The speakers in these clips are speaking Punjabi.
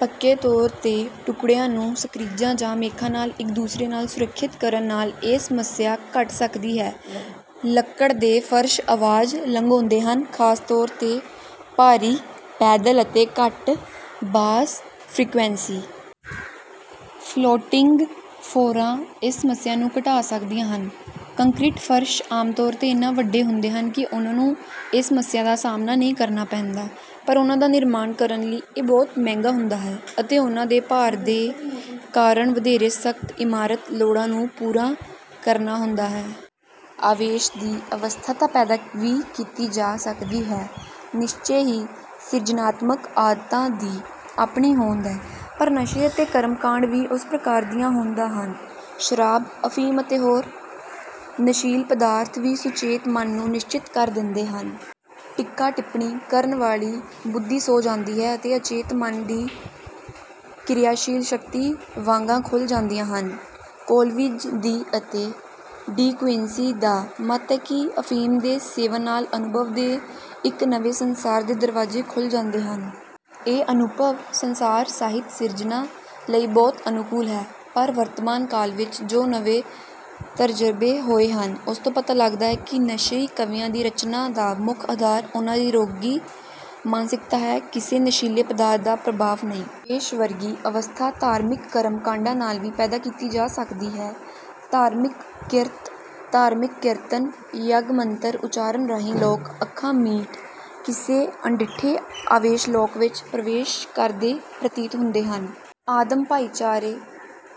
ਪੱਕੇ ਤੌਰ ਤੇ ਟੁਕੜਿਆਂ ਨੂੰ ਸਕ੍ਰਿਜਾਂ ਜਾਂ ਮੇਖਾਂ ਨਾਲ ਇੱਕ ਦੂਸਰੇ ਨਾਲ ਸੁਰੱਖਿਅਤ ਕਰਨ ਨਾਲ ਇਹ ਸਮੱਸਿਆ ਘਟ ਸਕਦੀ ਹੈ। ਲੱਕੜ ਦੇ ਫ਼ਰਸ਼ ਆਵਾਜ਼ ਲੰਘਾਉਂਦੇ ਹਨ ਖਾਸ ਤੌਰ ਤੇ ਭਾਰੀ ਪੈਦਲ ਅਤੇ ਘੱਟ ਬਾਸ ਫ੍ਰੀਕੁਐਂਸੀ। ਫਲੋਟਿੰਗ ਫੋਰਾਂ ਇਸ ਸਮੱਸਿਆ ਨੂੰ ਘਟਾ ਸਕਦੀਆਂ ਹਨ। ਕੰਕਰੀਟ ਫਰਸ਼ ਆਮ ਤੌਰ ਤੇ ਇੰਨੇ ਵੱਡੇ ਹੁੰਦੇ ਹਨ ਕਿ ਉਹਨਾਂ ਨੂੰ ਇਸ ਸਮੱਸਿਆ ਦਾ ਸਾਹਮਣਾ ਨਹੀਂ ਕਰਨਾ ਪੈਂਦਾ ਪਰ ਉਹਨਾਂ ਦਾ ਨਿਰਮਾਣ ਕਰਨ ਲਈ ਇਹ ਬਹੁਤ ਮਹਿੰਗਾ ਹੁੰਦਾ ਹੈ ਅਤੇ ਉਹਨਾਂ ਦੇ ਭਾਰ ਦੇ ਕਾਰਨ ਵਧੇਰੇ ਸਖ਼ਤ ਇਮਾਰਤ ਲੋੜਾਂ ਨੂੰ ਪੂਰਾ ਕਰਨਾ ਹੁੰਦਾ ਹੈ। ਆਵੇਸ਼ ਦੀ ਅਵਸਥਾ ਤਾਂ ਪੈਦਾ ਵੀ ਕੀਤੀ ਜਾ ਸਕਦੀ ਹੈ। ਨਿਸ਼ਚੇ ਹੀ ਸਿਰਜਨਾਤਮਕ ਆਦਤਾਂ ਦੀ ਆਪਣੀ ਹੋਂਦ ਹੈ ਪਰ ਨਸ਼ੇ ਅਤੇ ਕਰਮ ਕਾਂਡ ਵੀ ਉਸ ਪ੍ਰਕਾਰ ਦੀਆਂ ਹੋਦਾਂ ਹਨ। ਸ਼ਰਾਬ ਅਫੀਮ ਅਤੇ ਹੋਰ ਨਸ਼ੀਲ ਪਦਾਰਥ ਵੀ ਸੁਚੇਤ ਮਨ ਨੂੰ ਨਿਸ਼ਚਿਤ ਕਰ ਦਿੰਦੇ ਹਨ। ਟੀਕਾ ਟਿੱਪਣੀ ਕਰਨ ਵਾਲੀ ਬੁੱਧੀ ਸੌਂ ਜਾਂਦੀ ਹੈ ਅਤੇ ਅਚੇਤ ਮਨ ਦੀ ਕਿਰਿਆਸ਼ੀਲ ਸ਼ਕਤੀ ਵਾਗਾਂ ਖੁੱਲ੍ਹ ਜਾਂਦੀਆਂ ਹਨ। ਕੋਲਵਿਜ ਦੀ ਅਤੇ ਡੀ ਕੁਇੰਸੀ ਦਾ ਮਤ ਹੈ ਕਿ ਅਫੀਮ ਦੇ ਸੇਵਨ ਨਾਲ ਅਨੁਭਵ ਦੇ ਇੱਕ ਨਵੇਂ ਸੰਸਾਰ ਦੇ ਦਰਵਾਜੇ ਖੁੱਲ੍ਹ ਜਾਂਦੇ ਹਨ। ਇਹ ਅਨੁਭਵ ਸੰਸਾਰ ਸਾਹਿਤ ਸਿਰਜਣਾ ਲਈ ਬਹੁਤ ਅਨੁਕੂਲ ਹੈ। ਪਰ ਵਰਤਮਾਨ ਕਾਲ ਵਿੱਚ ਜੋ ਨਵੇਂ ਤਰਜਰਬੇ ਹੋਏ ਹਨ ਉਸ ਤੋਂ ਪਤਾ ਲੱਗਦਾ ਹੈ ਕਿ ਨਸ਼ਈ ਕਵੀਆਂ ਦੀ ਰਚਨਾ ਦਾ ਮੁੱਖ ਆਧਾਰ ਉਹਨਾਂ ਦੀ ਰੋਗੀ ਮਾਨਸਿਕਤਾ ਹੈ ਕਿਸੇ ਨਸ਼ੀਲੇ ਪਦਾਰਥ ਦਾ ਪ੍ਰਭਾਵ ਨਹੀਂ। ਆਵੇਸ਼ ਵਰਗੀ ਅਵਸਥਾ ਧਾਰਮਿਕ ਕਰਮ ਕਾਡਾਂ ਨਾਲ ਵੀ ਪੈਦਾ ਕੀਤੀ ਜਾ ਸਕਦੀ ਹੈ। ਧਾਰਮਿਕ ਕਿਰਤ ਧਾਰਮਿਕ ਕੀਰਤਨ ਯੱਗ ਮੰਤਰ ਉਚਾਰਨ ਰਾਹੀਂ ਲੋਕ ਅੱਖਾਂ ਮੀਟ ਕਿਸੇ ਅਣਡਿੱਠੇ ਆਵੇਸ਼ ਲੋਕ ਵਿੱਚ ਪ੍ਰਵੇਸ਼ ਕਰਦੇ ਪ੍ਰਤੀਤ ਹੁੰਦੇ ਹਨ। ਆਦਮ ਭਾਈਚਾਰੇ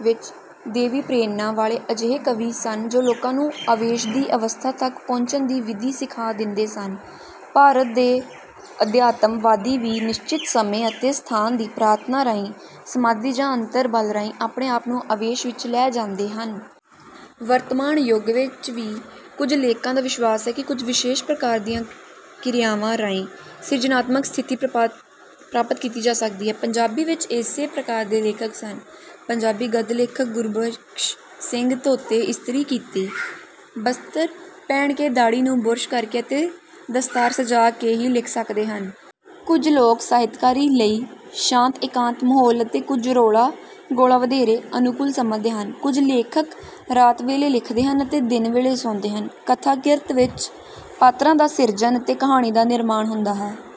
ਵਿੱਚ ਦੇਵੀ ਪ੍ਰੇਰਣਾ ਵਾਲੇ ਅਜਿਹੇ ਕਵੀ ਸਨ ਜੋ ਲੋਕਾਂ ਨੂੰ ਆਵੇਸ਼ ਦੀ ਅਵਸਥਾ ਤੱਕ ਪਹੁੰਚਣ ਦੀ ਵਿਧੀ ਸਿਖਾ ਦਿੰਦੇ ਸਨ। ਭਾਰਤ ਦੇ ਅਧਿਆਤਮ ਵਾਦੀ ਵੀ ਨਿਸ਼ਚਿਤ ਸਮੇਂ ਅਤੇ ਸਥਾਨ ਦੀ ਪ੍ਰਾਰਥਨਾ ਰਾਹੀਂ ਸਮਾਧੀ ਜਾਂ ਅੰਤਰ ਬਲ ਰਾਹੀਂ ਆਪਣੇ ਆਪ ਨੂੰ ਆਵੇਸ਼ ਵਿੱਚ ਲੈ ਜਾਂਦੇ ਹਨ। ਵਰਤਮਾਨ ਯੁਗ ਵਿੱਚ ਵੀ ਕੁੱਝ ਲੇਖਕਾਂ ਦਾ ਵਿਸ਼ਵਾਸ ਹੈ ਕਿ ਕੁੱਝ ਵਿਸ਼ੇਸ਼ ਪ੍ਰਕਾਰ ਦੀਆਂ ਕਿਰਿਆਵਾਂ ਰਾਹੀਂ ਸਿਰਜਨਾਤਮਕ ਸਥਿਤੀ ਪ੍ਰਾਪਤ ਕੀਤੀ ਜਾ ਸਕਦੀ ਹੈ। ਪੰਜਾਬੀ ਵਿੱਚ ਇਸੇ ਪ੍ਰਕਾਰ ਦੇ ਲੇਖਕ ਸਨ। ਪੰਜਾਬੀ ਗਦ ਲੇਖਕ ਗੁਰਬਖਸ਼ ਸਿੰਘ ਧੋਤੇ ਇਸਤਰੀ ਕੀਤੇ ਬਸਤਰ ਪਹਿਨ ਕੇ ਦਾੜ੍ਹੀ ਨੂੰ ਬੁਰਸ਼ ਕਰਕੇ ਅਤੇ ਦਸਤਾਰ ਸਜਾ ਕੇ ਹੀ ਲਿਖ ਸਕਦੇ ਸਨ। ਕੁੱਝ ਲੋਕ ਸਾਹਿਤਕਾਰੀ ਲਈ ਸ਼ਾਂਤ ਏਕਾਂਤ ਮਾਹੌਲ ਅਤੇ ਕੁੱਝ ਰੌਲਾ ਗੌਲਾ ਵਧੇਰੇ ਅਨੁਕੂਲ ਸਮਝਦੇ ਹਨ। ਕੁੱਝ ਲੇਖਕ ਰਾਤ ਵੇਲੇ ਲਿਖਦੇ ਹਨ ਅਤੇ ਦਿਨ ਵੇਲੇ ਸੌਂਦੇ ਹਨ। ਕਥਾ ਕਿਰਤ ਵਿੱਚ ਪਾਤਰਾਂ ਦਾ ਸਿਰਜਣ ਅਤੇ ਕਹਾਣੀ ਦਾ ਨਿਰਮਾਣ ਹੁੰਦਾ ਹੈ।